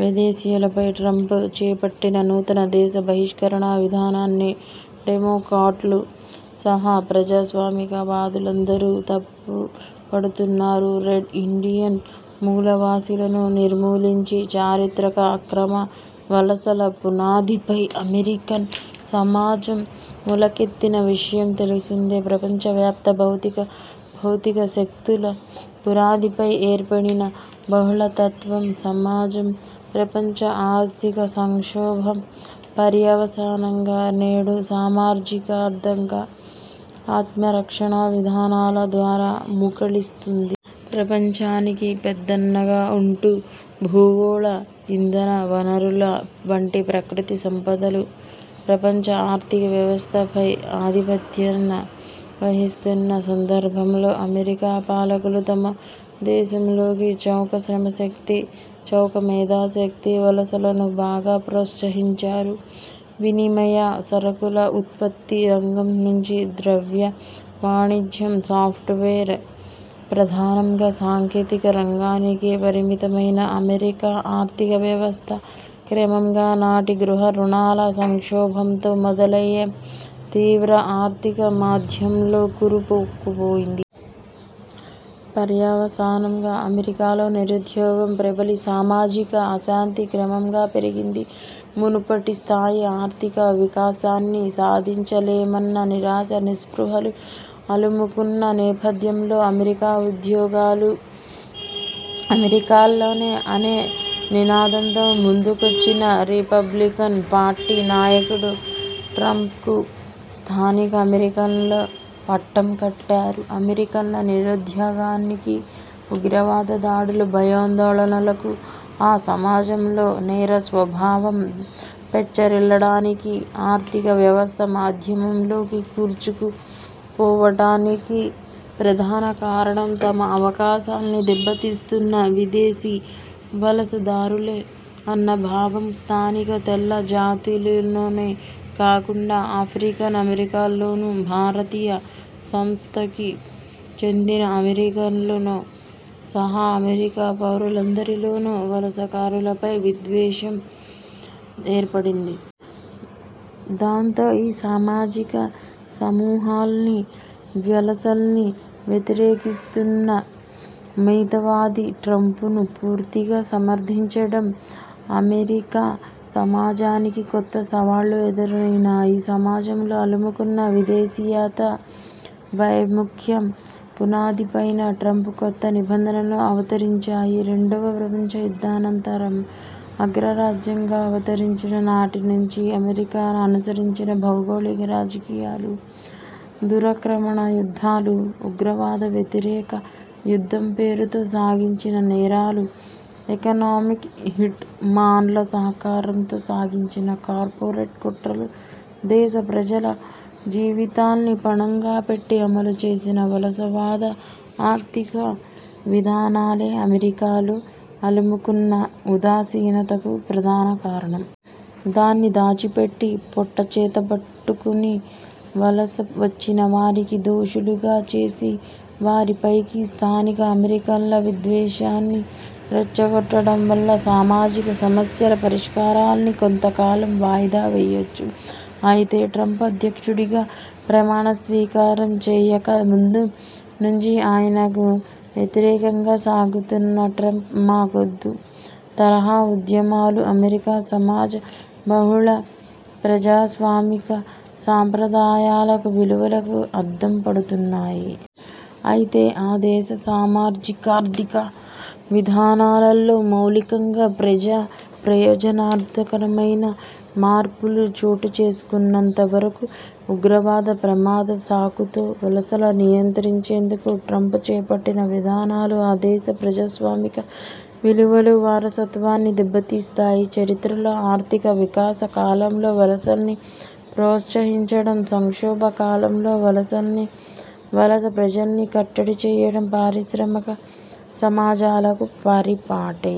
విదేశీయులపై Trump చేపట్టిన నూతన దేశ బహిష్కరణ విధానాన్ని డెమోక్రాట్లు సహా ప్రజాస్వామికవాదులందరూ తప్పుపడుతున్నారు. రెడ్ ఇండియన్ మూలవాసీలను నిర్మూలించి, చారిత్రక అక్రమ వలసల పునాదిపై అమెరికన్ సమాజం మొలకెత్తిన విషయం తెలిసిందే. ప్రపంచవ్యాప్త భౌతిక, బౌద్ధిక శక్తుల పునాదిపై ఏర్పడిన బహళత్వం సమాజం ప్రపంచ ఆర్థిక సంక్షోభం పర్యవసానంగా నేడు సామాజికార్థిక ఆత్మరక్షణ విధానాల ద్వారా ముకుళిస్తోంది. ప్రపంచానికి పెద్దన్నగా ఉంటూ భూగోళ ఇంధనవనరుల వంటి ప్రకృతి సంపదలు, ప్రపంచ ఆర్థిక వ్యవస్థపై ఆధిపత్యం వహిస్తున్న సందర్భంలో అమెరికా పాలకులు తమ దేశంలోకి చౌక శ్రమశక్తి, చౌక మేధాశక్తి వలసలను బాగా ప్రోత్సహించారు. వినిమయ సరుకుల ఉత్పత్తి రంగం నుంచి ద్రవ్య వాణిజ్యం, సాఫ్ట్వేర్ ప్రధానంగా సాంకేతిక రంగానికే పరిమితమైన ఆమెరికా ఆర్థిక వ్యవస్థ క్రమంగా నాటి గృహ రుణాల సంక్షోభంతో మొదలై తీవ్ర ఆర్థిక మాంద్యంలో కూరుకుపోయింది. పర్యవసానంగా అమెరికాలో నిరుద్యోగం ప్రబలి సామాజిక అశాంతి క్రమంగా పెరిగింది. మునుపటి స్థాయి ఆర్థిక వికాసాన్ని సాధించలేమన్న నిరాశా నిస్పృహలు అలుముకున్న నేపథ్యంలో అమెరికా ఉద్యోగాలు 'అమెరికన్లకే అనే నినాదంతో ముందుకొచ్చిన' రిపబ్లికన్ పార్టీ నాయకుడు ట్రంప్కు స్థానిక అమెరికన్లు పట్టం కట్టారు. అమెరికన్ల నిరుద్యోగానికి, ఉగ్రవాద దాడుల భయాందోళనలకు, ఆ సమాజంలో నేర స్వభావం పెచ్చరిల్లడానికి, ఆర్థిక వ్యవస్థ మాంద్యంలోకి కూరుకుపోవడానికి ప్రధాన కారణం తమ అవకాశాలను దెబ్బతీస్తున్న విదేశీ వలసదారులే అన్న భావం స్థానిక తెల్ల జాతీయులలోనే కాకుండా, ఆఫ్రికన్ అమెరికన్లలోనూ, భారతీయ సంతతికి చెందిన అమెరికన్లు సహా అమెరికా పౌరులందరిలోనూ వలసకారులపై విద్వేషం ఏర్పడింది. దాంతో ఈ సామాజిక సమూహాలన్నీ వలసల్ని వ్యతిరేకిస్తున్న మితవాది ట్రంప్ను పూర్తిగా సమర్థించడం అమెరికా సమాజానికి కొత్త సవాళ్ళు ఎదురైనాయి. సమాజంలో అలుముకున్న విదేశీయతా వైముఖ్యం పునాదిపైనే ట్రంప్ కొత్త నిబంధనలు అవతరించాయి. రెండవ ప్రపంచ యుద్ధానంతరం అగ్రరాజ్యంగా అవతరించిన నాటి నుంచి అమెరికా అనుసరించిన భౌగోళిక రాజకీయాలు, దురాక్రమణ యుద్ధాలు, ఉగ్రవాద వ్యతిరేక యుద్ధం పేరుతో సాగించిన నేరాలు, ఎకనామిక్ హిట్ మాన్ల సహకారంతో సాగించిన కార్పొరేట్ కుట్రలు, దేశ ప్రజల జీవితాల్ని పణంగా పెట్టి అమలు చేసిన వలసవాద ఆర్థిక విధానాలే అమెరికాలో అలుముకున్న ఉదాసీనతకు ప్రధాన కారణం. దాన్ని దాచిపెట్టి పొట్టచేతబట్టుకుని వలస వచ్చినవారిని దోషులుగా చేసి, వారిపైకి స్థానిక అమెరికన్ల విద్వేషాన్ని రెచ్చగొట్టడం వల్ల సామాజిక సమస్యల పరిష్కారాల్ని కొంతకాలం వాయిదా వేయొచ్చు. అయితే ట్రంప్ అధ్యక్షుడిగా ప్రమాణ స్వీకారం చేయక ముందు నుంచి ఆయనకు వ్యతిరేకంగా సాగుతున్న 'ట్రంప్ మా కొద్దు' తరహా ఉద్యమాలు అమెరికా సమాజ బహుళ ప్రజాస్వామిక సాంప్రదాయాలకు, విలువలకు అద్దం పడుతున్నాయి. అయితే ఆ దేశ సామాజికార్థిక విధానాల్లో మౌలికంగా ప్రజా ప్రయోజనకరమైన మార్పులు చోటు చేసుకోనంత వరకు ఉగ్రవాద ప్రమాదం సాకుతో వలసల నియంత్రించేందుకు ట్రంప్ చేపట్టిన విధానాలు ఆ దేశ ప్రజాస్వామిక విలువల వారసత్వాన్ని దెబ్బతీస్తాయి. చరిత్రలో ఆర్థిక వికాస కాలంలో వలసల్ని ప్రోత్సహించడం, సంక్షోభ కాలంలో వలసల్ని, వలస ప్రజల్ని కట్టడి చేయడం పారిశ్రామిక సమాజాలకు పరిపాటే.